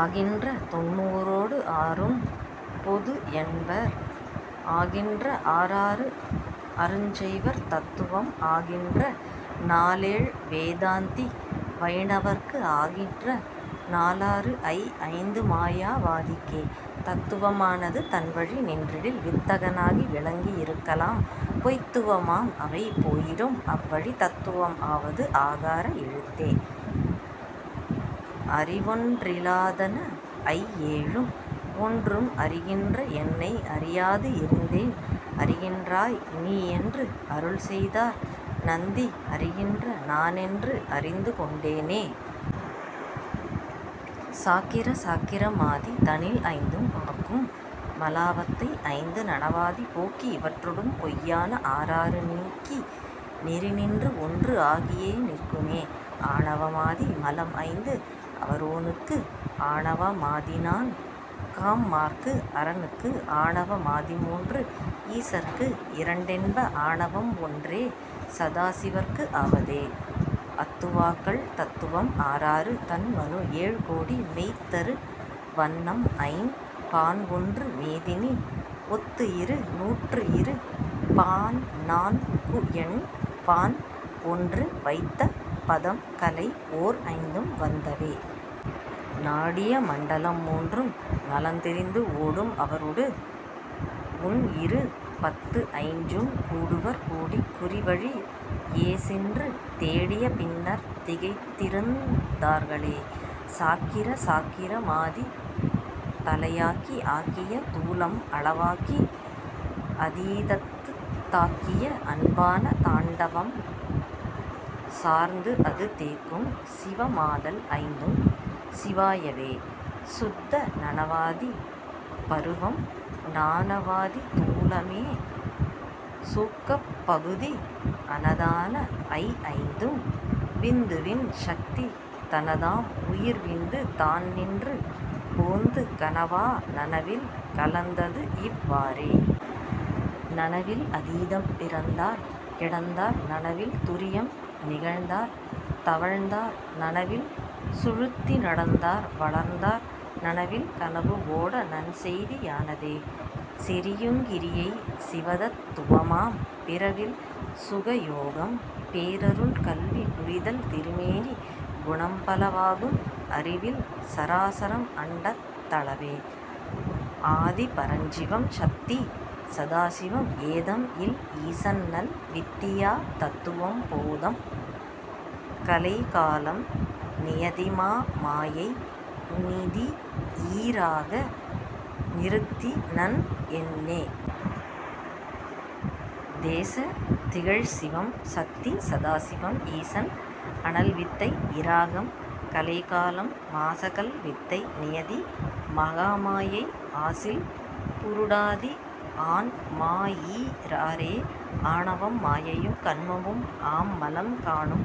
ஆகின்ற தொண்ணூறோடு ஆறும் பொதுஎன்பர் ஆகின்ற ஆறாறு அருஞ்சைவர் தத்துவம் ஆகின்ற நாலேழ் வேதாந்தி வயிணவர்க்கு ஆகின்ற நாலாறுஐ ஐந்துமாயா வாதிக்கே. தத்துவ மானது தன்வழி நின்றிடில் வித்தக னாகி விளங்கி யிருக்கலாம் பொய்த்துவ மாம்அவை போயிடும் அவ்வழி தத்துவம் ஆவது அகார எழுத்தே. அறிவொன் றிலாதன ஐஏழும் ஒன்றும் அறிகின்ற என்னை அறியாது இருந்தேன் அறிகின்றாய் நீஎன்று அருள்செய்தார் நந்தி அறிகின்ற நானென்று அறிந்து கொண்டேனே. சாக்கிர சாக்கிர மாதி தனில்ஐந்தும் ஆக்கும் மலாவத்தை ஐந்து நனவாதி போக்கி இவற்றொடும் பொய்யான ஆறாறு நீக்கி நெறிநின்றுஒன்று ஆகியே நிற்குமே. ஆணவ மாதி மலம்ஐந்து அவரோனுக்கு ஆணவ மாதிநான் காம்மாற்கு அரனுக்கு ஆணவ மாதிமூன்று ஈசர்க்கு இரண்டென்ப ஆணவம் ஒன்றே சதாசிவற்கு ஆவதே.. அத்துவாக்கள் தத்துவம் ஆறாறு தன்மனு ஏழ்கோடி மெய்த்தரு வன்னம்ஐம் பான்ஒன்று மேதினி ஒத்துஇரு நூற்றுஇரு பான்நான்குஎண் பான்ஒன்று வைத்த பதம்கலை ஓர்ஐந்தும் வந்தவே. நாடிய மண்டலம் மூன்றும் நலந்தெரிந்து ஓடும் அவரோடு உள்இரு பத்துஐஞ்சும் கூடுவர் கூடிக் குறிவழி யேசென்று தேடிய பின்னர்த் திகைத்திருந் தார்களே. சாக்கிர சாக்கிர மாதித் தலையாக்கி ஆக்கிய தூலம் அளவாக்கி அதீதத்துத் தாக்கிய அன்பான தாண்டவம் சார்ந்துஅது தேக்கும் சிவமாதல் ஐந்தும் சிவாயவே.. சுத்த நனவாதி பருவம் நானவாதி தூலமே சூக்கப் பகுதி அனதான ஐஐந்தும் விந்துவின் சத்தி தனதாம் உயிர்விந்து தான்நின்று போந்து கனவா நனவில் கலந்ததுஇவ் வாறே. நனவில் அதீதம் பிறந்தார் கிடந்தார் நனவில் துரியம் நிகழ்ந்தார் தவழ்ந்தார் நனவில் சுழுத்தி நடந்தார் வளர்ந்தார் நனவில் கனவுஓட நன்செய்தி யானதே. செறியுங் கிரியை சிவதத் துவமாம் பிறிவில் சுகயோகம் பேரருள் கல்வி குறிதல் திருமேனி குணம்பல வாகும் அறிவில் சராசரம் அண்டத் தளவே. ஆதி பரஞ்சிவம் சத்தி சதாசிவம் ஏதம்இல் ஈசன்நல் வித்தியா தத்துவம் போதம் கலைகாலம் நியதிமா மாயை நீதிஈ றாக நிறுத்தினன் என்னே. தேச திகழ்சிவம் சத்தி சதாசிவம் ஈசன் அனல்வித்தை இராகம் கலைகாலம் மாசகல் வித்தை நியதி மகாமாயை ஆசில் புருடாதி ஆன்மாஈ றாறே. ஆணவம் மாயையும் கன்மமும் ஆம்மலம் காணும்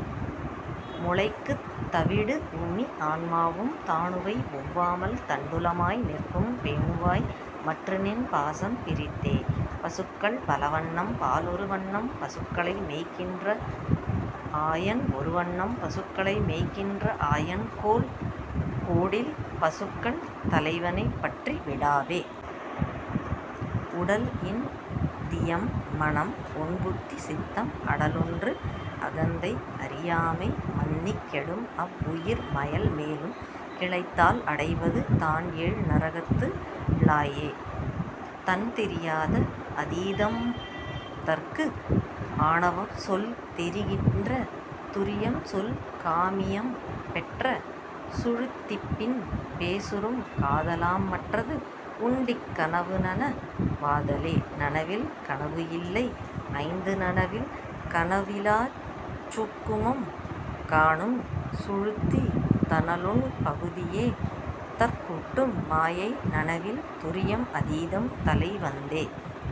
முளைக்குத் தவிடுஉமி ஆன்மாவும் தாணுவை ஒவ்வாமல் தண்டுலமாய் நிற்கும் பேணுவாய் மற்றுநின் பாசம் பிரித்தே. பசுக்கள் பலவண்ணம் பாலொரு வண்ணம் பசுக்களை மேய்க்கின்ற ஆயன் ஒருவண்ணம் பசுக்களை மேய்க்கின்ற ஆயன்கோல் போடில் பசுக்கள் தலைவனைப் பற்றி விடாவே. உடல்இந் தியம்மனம் ஒண்புத்தி சித்தம் அடலொன்று அகந்தை அறியாமை மன்னிக் கெடும்அவ் வுயிர்மயல் மேலும் கிளைத்தால் அடைவது தான்ஏழ் நரகத்து ளாயே. தன்தெரியாத அதீதம்தற்கு ஆணவம் சொல்தெரி கின்ற துரியம்சொல் காமியம் பெற்ற சுழுத்திப்பின் பேசுறும் காதலாம் மற்றது உண்டிக் கனவுநன வாதலே. நனவில் கனவுஇல்லை ஐந்து நனவில் கனவிலாச் சூக்குமம் காணும் சுழுத்தி தனலுண் பகுதியே தற்கூட்டும் மாயை நனவில் துரியம் அதீதம் தலைவந்தே.